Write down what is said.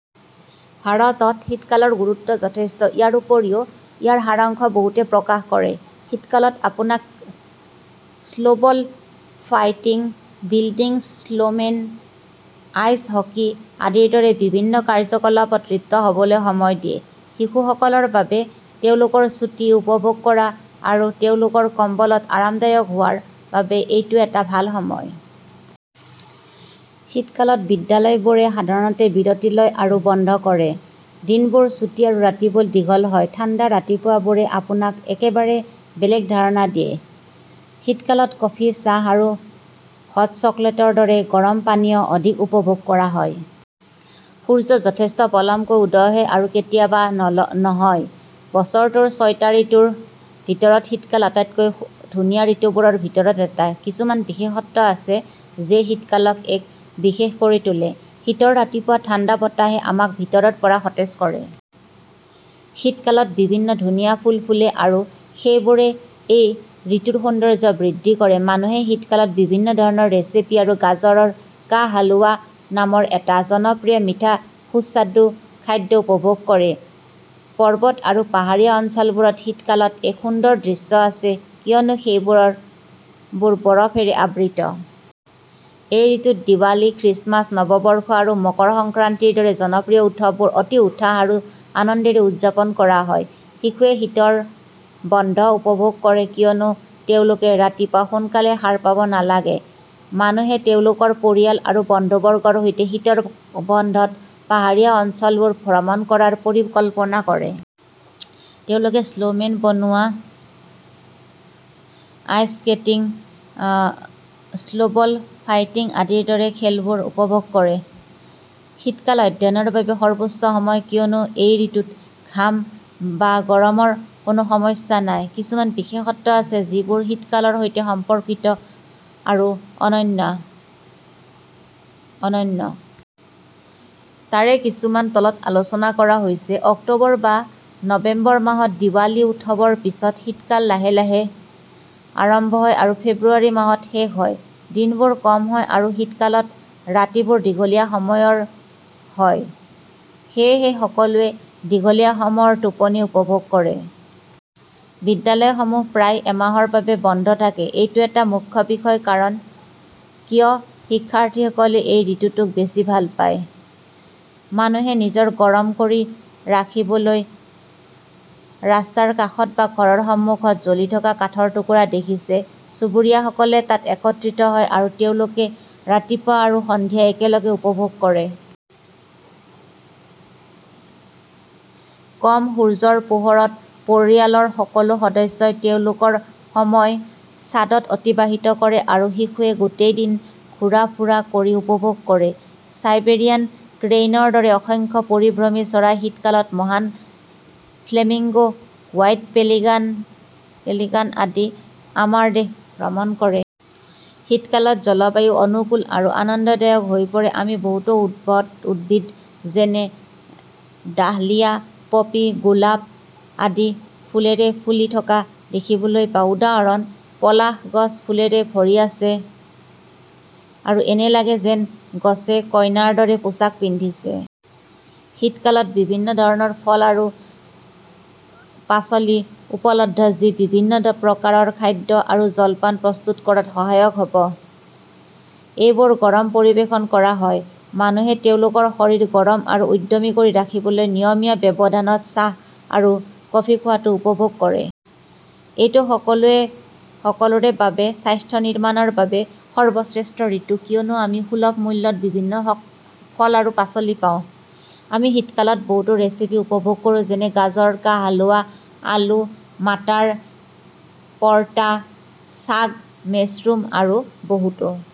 ভাৰতত, শীতকালৰ গুৰুত্ব যথেষ্ট। ইয়াৰ উপৰিও, ইয়াৰ সাৰাংশ বহুতে প্ৰশংসা কৰে। শীতকালত আপোনাক snowball fighting, building snowmen, ice hockey আদিৰ দৰে বিভিন্ন কাৰ্যকলাপত লিপ্ত হ'বলৈ সময় দিয়ে। শিশুসকলৰ বাবে তেওঁলোকৰ ছুটি উপভোগ কৰা আৰু তেওঁলোকৰ কম্বলত আৰামদায়ক হোৱাৰ বাবে এইটো এটা ভাল সময়। শীতকালত, বিদ্যালয়বোৰে সাধাৰণতে বিৰতি লয় আৰু বন্ধ কৰে। দিনবোৰ চুটি আৰু ৰাতিবোৰ দীঘল হয়। ঠাণ্ডা ৰাতিপুৱাবোৰে আপোনাক একেবাৰে বেলেগ ধাৰণা দিয়ে। শীতকালত কফি, চাহ আৰু হট চকলেটৰ দৰে গৰম পানীয় অধিক উপভোগ কৰা হয়। সূৰ্য যথেষ্ট পলমকৈ উদয় হয় আৰু কেতিয়াবা নহয়। বছৰটোৰ ছয়টা ঋতুৰ ভিতৰত শীতকাল আটাইতকৈ ধুনীয়া ঋতুবোৰৰ ভিতৰত এটা। কিছুমান বিশেষত্ব আছে যিয়ে শীতকালক এক বিশেষ কৰি তোলে। শীতৰ ৰাতিপুৱা ঠাণ্ডা বতাহে আমাক ভিতৰৰ পৰা সতেজ কৰে। শীতকালত বিভিন্ন ধুনীয়া ফুল ফুলে আৰু সেইবোৰে এই ঋতুৰ সৌন্দৰ্য বৃদ্ধি কৰে। মানুহে শীতকালত বিভিন্ন ধৰণৰ ৰেচিপি আৰু গাজাৰ কা হালৱা নামৰ এটা জনপ্ৰিয় মিঠা সুস্বাদু খাদ্য উপভোগ কৰে। পৰ্বত আৰু পাহাৰীয়া অঞ্চলবোৰত শীতকালত এক সুন্দৰ দৃশ্য আছে কিয়নো সেইবোৰ বৰফেৰে আবৃত। এই ঋতুত দেৱালী, খ্ৰীষ্টমাছ, নৱবৰ্ষ আৰু মকৰ সংক্ৰান্তিৰ দৰে জনপ্ৰিয় উৎসৱবোৰ অতি উৎসাহ আৰু আনন্দেৰে উদযাপন কৰা হয়। শিশুৱে শীতৰ বন্ধ উপভোগ কৰে কিয়নো তেওঁলোকে ৰাতিপুৱা সোনকালে সাৰ পাব নালাগে। মানুহে তেওঁলোকৰ পৰিয়াল আৰু বন্ধুবৰ্গৰ সৈতে শীতৰ বন্ধত পাহাৰীয়া অঞ্চলবোৰ ভ্ৰমণ কৰাৰ পৰিকল্পনা কৰে। তেওঁলোকে স্নোমেন বনোৱা, আইচ স্কেটিং, স্নোবল ফাইটিং আদিৰ দৰে খেলবোৰ উপভোগ কৰে। শীতকাল অধ্যয়নৰ বাবে সৰ্বশ্ৰেষ্ঠ সময় কিয়নো এই ঋতুত ঘাম বা গৰমৰ কোনো সমস্যা নাই। কিছুমান বিশেষত্ব আছে যিবোৰ শীতকালৰ সৈতে সম্পৰ্কিত আৰু অনন্য। তাৰে কিছুমান তলত আলোচনা কৰা হৈছে: অক্টোবৰ বা নৱেম্বৰ মাহত দেৱালী উৎসৱৰ পিছত শীতকাল লাহে লাহে আৰম্ভ হয় আৰু ফেব্ৰুৱাৰী মাহত শেষ হয়। দিনবোৰ কম হয় আৰু শীতকালত ৰাতিবোৰ দীঘলীয়া সময়ৰ হয়, সেয়েহে সকলোৱে দীঘলীয়া সময়ৰ টোপনি উপভোগ কৰে। বিদ্যালয়সমূহ প্ৰায় এমাহৰ বাবে বন্ধ থাকে; এইটো ৱেই মুখ্য কাৰণ কিয় শিক্ষাৰ্থীসকলে এই ঋতুটোক বেছি ভাল পায়। মানুহে নিজকে গৰম কৰি ৰাখিবলৈ ৰাস্তাৰ কাষত বা ঘৰৰ সন্মুখত জ্বলি থকা কাঠৰ টুকুৰা দেখিছে। চুবুৰীয়াসকলে তাত একত্ৰিত হয় আৰু তেওঁলোকে ৰাতিপুৱা আৰু সন্ধিয়া একেলগে উপভোগ কৰে। কম সূৰ্যৰ পোহৰত, পৰিয়ালৰ সকলো সদস্যই তেওঁলোকৰ সময় ছাদত অতিবাহিত কৰে আৰু শিশুৱে গোটেই দিন ঘূৰা ফুৰা কৰি উপভোগ কৰে। চাইবেৰিয়ান ক্ৰেইনৰ দৰে অসংখ্য পৰিভ্ৰমী চৰাই; শীতকালত মহান ফ্লেমিংগো, হোৱাইট পেলিকান আদি আমাৰ দেশ ভ্ৰমণ কৰে। শীতকালত জলবায়ু অনুকূল আৰু আনন্দদায়ক হৈ পৰে। আমি বহুতো উদ্ভিদ যেনে ডাহলিয়া, পপী, গোলাপ আদি ফুলেৰে ফুলি থকা দেখিবলৈ পাওঁ। উদাহৰণ: পলাশ গছ ফুলেৰে ভৰি আছে আৰু এনে লাগে যেন গছে কইনাৰ দৰে পোছাক পিন্ধিছে। শীতকালত বিভিন্ন ধৰণৰ ফল আৰু পাচলি উপলব্ধ যি বিভিন্ন প্ৰকাৰৰ খাদ্য আৰু জলপান প্ৰস্তুত কৰাত সহায়ক হ'ব। এইবোৰ গৰম পৰিৱেশন কৰা হয়। মানুহে তেওঁলোকৰ শৰীৰ গৰম আৰু উদ্যমী কৰি ৰাখিবলৈ নিয়মীয়া ব্যৱধানত চাহ আৰু কফি খোৱাটো উপভোগ কৰে। এইটো সকলোৰে বাবে স্বাস্থ্য নিৰ্মাণৰ বাবে সৰ্বশ্ৰেষ্ঠ ঋতু কিয়নো আমি সুলভ মূল্যত বিভিন্ন ফল আৰু পাচলি পাওঁ। আমি শীতকালত বহুতো ৰেচিপি উপভোগ কৰোঁ যেনে গাজাৰ কা হালৱা, আলু/মাটাৰ পৰতা, চাগ, মেছৰুম, আৰু বহুতো।